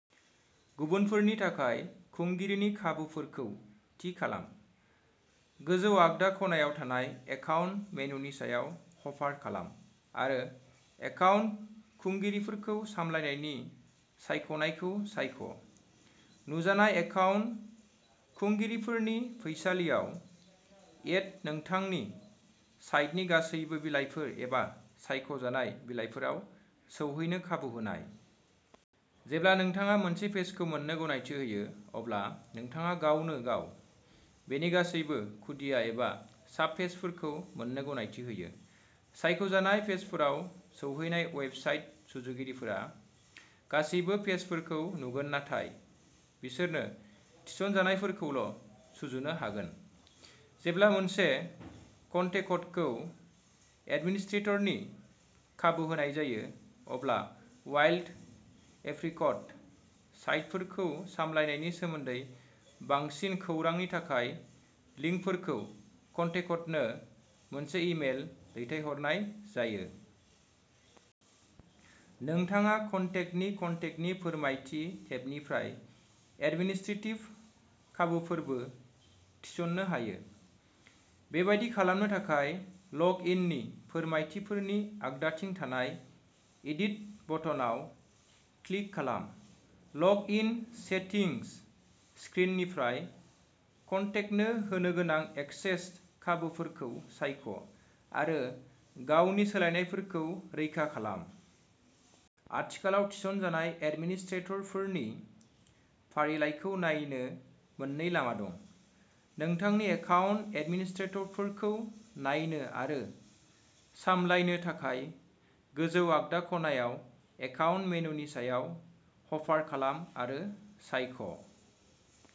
गुबुनफोरनि थाखाय खुंगिरिनि खाबुफोरखौ थि खालाम। गोजौ आगदा खनायाव थानाय एकाउन्ट मेनुनि सायाव हभार खालाम आरो एकाउन्ट खुंगिरिफोरखौ सामलायनायनि सायख'नायखौ सायख'। नुजानाय एकाउन्ट खुंगिरिफोरनि फैसालियाव, एड नोंथांनि साइटनि गासैबो बिलाइफोर एबा सायख' जानाय बिलाइफोराव सौहैनो खाबु होनाय। जेब्ला नोंथाङा मोनसे पेजखौ मोननो गनायथि होयो, अब्ला नोंथाङा गावनो गाव बेनि गासैबो खुदिया एबा साबपेजफोरखौ मोन्नो गनायथि होयो। सायख'जानाय पेजफोराव सौहैनाय वेबसाइट सुजुगिरिफोरा गासिबो पेजफोरखौ नुगोन नाथाय बिसोरनो थिसनजानायफोरखौल' सुजुनो हागोन। जेब्ला मोनसे कन्टेक्टखौ एडमिनिस्ट्रेटरनि खाबु होनाय जायो, अब्ला वाइल्ड एप्रिकट साइटफोरखौ सामलायनायनि सोमोन्दै बांसिन खौरांनि थाखाय लिंकफोरखौ कन्टेक्टनो मोनसे इमेल दैथायहरनाय जायो। नोंथाङा कन्टेक्टनि कन्टेक्टनि फोरमायथि टेबनिफ्राय एडमिनिस्ट्रेटिभ खाबुफोरबो थिसन्नो हायो। बेबादि खालामनो थाखाय, लग इननि फोरमायथिफोरनि आगदाथिं थानाय एडिट बटनाव क्लिक खालाम। लग इन सेटिंस स्क्रिननिफ्राय, कन्टेक्टनो होनो गोनां एक्सेस खाबुफोरखौ सायख' आरो गावनि सोलायनायफोरखौ रैखा खालाम। आथिखालाव थिसनजानाय एडमिनिस्ट्रेटरफोरनि फारिलाइखौ नायनो मोननै लामा दं। नोंथांनि एकाउन्ट एडमिनिस्ट्रेटरफोरखौ नायनो आरो सामलायनो थाखाय, गोजौ आगदा खनायाव एकाउन्ट मेनुनि सायाव हभार खालाम आरो सायख'।